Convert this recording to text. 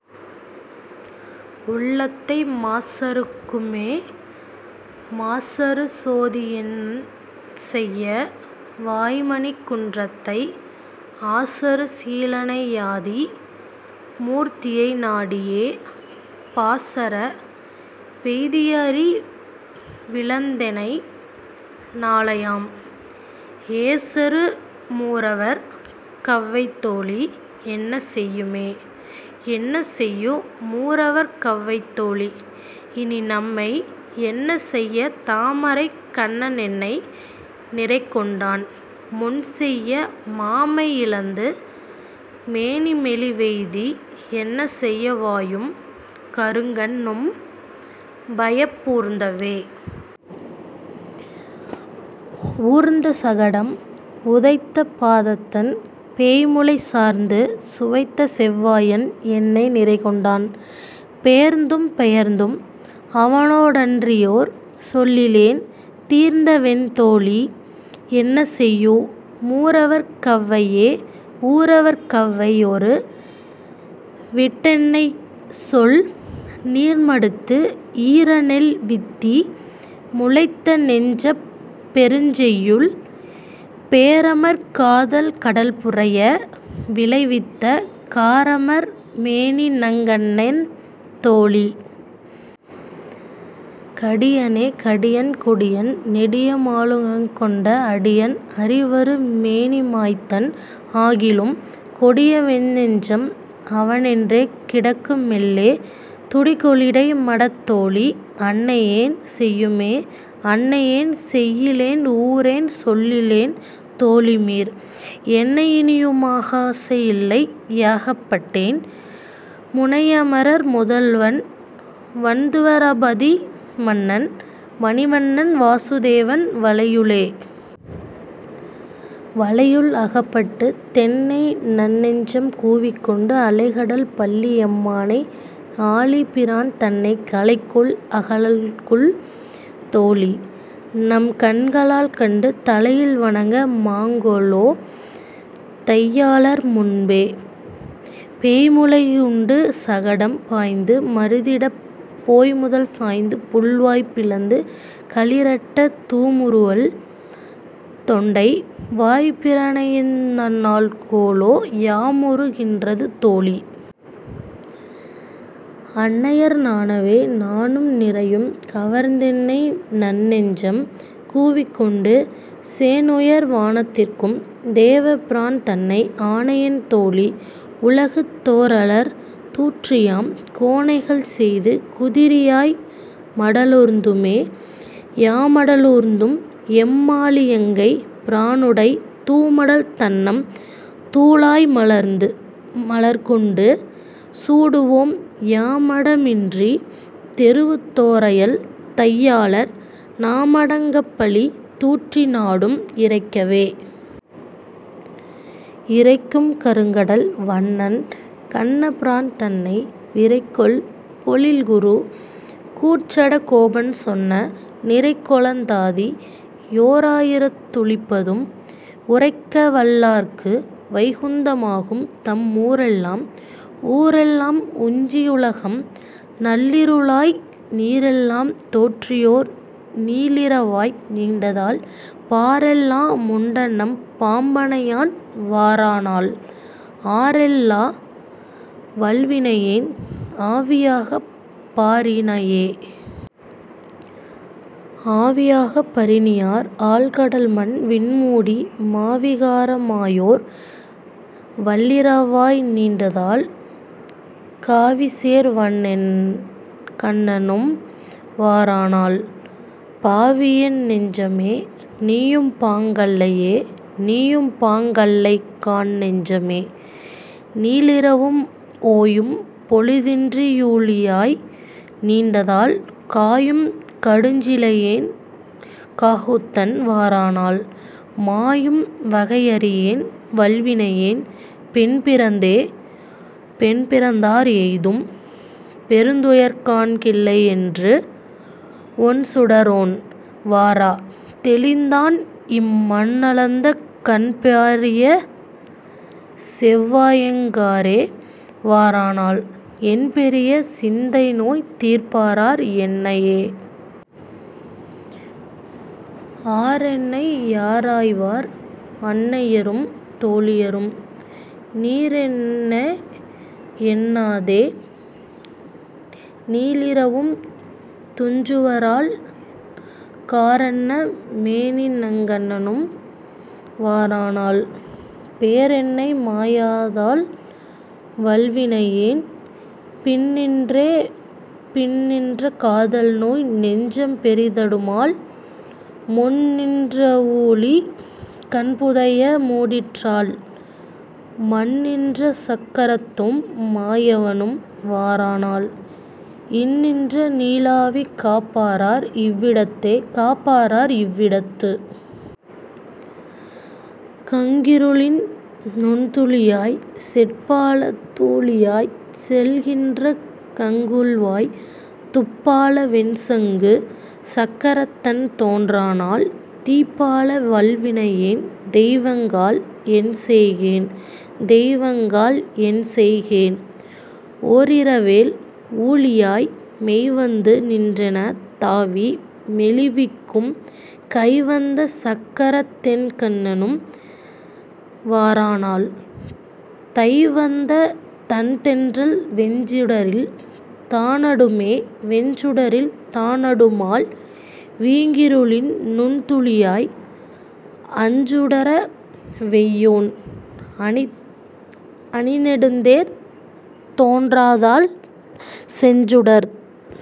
உள்ளத்தை மாசறுக் கும்மே. மாசறு சோதியென் செய்ய வாய்மணிக் குன்றத்தை ஆசறு சீலனை யாதி மூர்த்தியை நாடியே, பாசற வெய்தி யறிவிழந் தெனைநா ளையம்?, ஏசறு மூரவர் கவ்வை தோழீ. என்செய்யுமே?. என்செய்யு மூரவர் கவ்வை தோழீ. இனிநம்மை, என்செய்ய தாமரைக் கண்ண னென்னை நிறைகொண்டான், முன்செய்ய மாமை யிழந்து மேனி மெலிவெய்தி, என்செய்ய வாயும் கருங்கண் ணும்பயப் பூர்ந்தவே.. ஊர்ந்த சகடம் உதைத்தபாதத்தன், பேய்முலை சார்ந்து சுவைத்த செவ்வாயன் என்னை நிறைகொண்டான், பேர்ந்தும் பெயர்ந்தும் அவனோடன்றியோர் சொல்லிலேன், தீர்ந்தவென் தோழீ. என்செய்யு மூரவர் கவ்வையே?. ஊரவர் கவ்வை யெருவிட்டன்னைசொல் நீர்மடுத்து, ஈரநெல் வித்தி முளைத்த நெஞ்சப் பெருஞ்செய்யுள், பேரமர் காதல் கடல்புரைய விளைவித்த, காரமர் மேனிநங் கண்ணன் தோழீ. கடியனே.. கடியன் கொடியன் நெடியமாலுல கங்கொண்ட அடியன், அறிவரு மேனிமாயத்தன், ஆகிலும் கொடியவென் னெஞ்சம் அவனென்றே கிடக்கு மெல்லே, துடிகொ ளிடைமடத் தோழீ. அன்னையென் செய்யுமே?. அன்னையென் செய்யிலென் ஊரென் சொல்லிலென் தோழிமீர், என்னை யினியுமக் காசை யில்லை யகப்பட்டேன், முன்னை யமரர் முதல்வன் வண்துவ ராபதி மன்னன், மணிவண் ணன்வாசு தேவன் வலையுளே.. வலையுள் அகப்பட்டுத் தென்னைநன் நெஞ்சம் கூவிக்கொண்டு, அலைகடல் பள்ளி யம்மானை ஆழிப் பிரான்தன்னை கலைகொள் அகலல்குல் தோழீ. நம்கண்க ளால்கண்டு தலையில் வணங்க மாங்கொலோ தையலார் முன்பே?. பேய்முலை யுண்டு சகடம் பாய்ந்து மருதிடைப் போய்முதல் சாய்த்து, புள்வாய் பிளந்து களிறட்ட, தூமுறு வல்தொண்டை, வாய்ப்பிரானையெந் நாள்கொலோ, யாமுறு கின்றது தோழீ. அன்னையர் நாணவே?. நாணும் நிறையும் கவர்ந்தென்னை நன்னெஞ்சம் கூவிக்கொண்டு, சேணுயர் வானத் திருக்கும் தேவ பிரான்தன்னை, ஆணையென் தோழீ. உலகு தோறலர் தூற்றி, ஆம் கோணைகள் செய்து குதிரியாய் மடலூர்துமே.. யாமட லூர்ந்தும் எம்மாழியங்கைப் பிரானுடை, தூமடல் தண்ணம் துழாய்மலர் கொண்டு சூடுவோம், யாமட மின்றித் தெருவு தோறயல் தையாலர், நாமடங் கப்பழி தூற்றி நாடும் இரைக்கவே. இரைக்கும் கருங்கடல் வண்ணன் கண்ணபிரான்தன்னை, விரைக்கொள் பொழில்குரு கூர்ச்சட கோபன் சொன்ன, நிரைக்கொளந் தாதி யோரா யிரத்து ளிப்பத்தும், உரைக்கவல் லார்க்கு வைகுந்த மாகும்தம் மூரெல்லாம். ஊரெல்லாம் உஞ்சி யுலகெல்லாம் நள்ளிருளாய், நீரெல்லாம் தேறியோர் நீளிரவாய் நீண்டதால், பாரெல்லா முண்டநம் பாம்பணையான் வாரானால், ஆரெல்லா. வல்வினையேன் ஆவிகாப் பாரினையே?. ஆவிகாப் பாரினியார்? ஆழ்கடல்மண் விண்மூடி, மாவிகார மாயோர் வல்லிரவாய் நீண்டதால், காவிசேர் வண்ணனென் கண்ணனும் வாரானால், பாவியேன் நெஞ்சமே. நீயும்பாங் கல்லையே?. நீயும்பாங் கல்லைகாண் நெஞ்சமே. நீளிரவும், ஓயும் பொழுதின்றி யூழியாய் நீண்டதால், காயும் கடுஞ்சிலையென் காகுத்தன் வாரானால், மாயும் வகையறியேன் வல்வினையேன் பெண்பிறந்தே.. பெண்பிறந்தார் எய்தும் பெருந்துயர்காண் கிலேனென்று, ஒண்சுடரோன் வாரா தெந்த்தான், இம் மண்ணளந்த கண்பெரிய செவ்வாயெங் காரே வாரானால், எண்பெரிய சிந்தைநோய் தீர்ப்பாரார் என்னையே?. ஆரென்னை யாராய்வார்? அன்னையரும் தோழியரும், நீரென்னே? என்னாதே நீளிரவும் துஞ்சுவரால், காரன்ன மேனிநங் கண்ணனும் வாரானால், பேரென்னை மாயாதால் வல்வினையேன் பின்நின்றே.. பின்நின்ற காதல்நோய் நெஞ்சம் பெரிதடுமால், முன்நின் றிராவூழி கண்புதைய மூடிற்றால், மன்னின்ற சக்கரத்தெம் மாயவனும் வாரானால், இந்நின்ற நீளாவி காப்பாரார் இவ்விடத்தே?. காப்பாரார் இவ்விடத்து? கங்கிருளின் நுண்துளியாய், சேட்பால தூழியாய்ச் செல்கின்ற கங்குல்வாய், தூப்பால வெண்சங்கு சக்கரத்தன் தோன்றானால், தீப்பால வல்வினையேன் தெய்வங்காள். என்செய்கேன்?. தெய்வங்காள். என்செய்கேன்? ஓரிரவேழ் ஊழியாய், மெய்வந்து நின்றென தாவி மெலிவிக்கும் கைவந்த சக்கரதென் கண்ணனும் வாரானால், தைவந்த தண்தென்றல் வெஞ்சுடரில் தானடுமே.. வெஞ்சுடரில் தானடுமால் வீங்கிருளின் நுண்துளியாய், அஞ்சுடர வெய்யோன் அணிநெடுந்தேர் தோன்றாதால், செஞ்சுடர்த்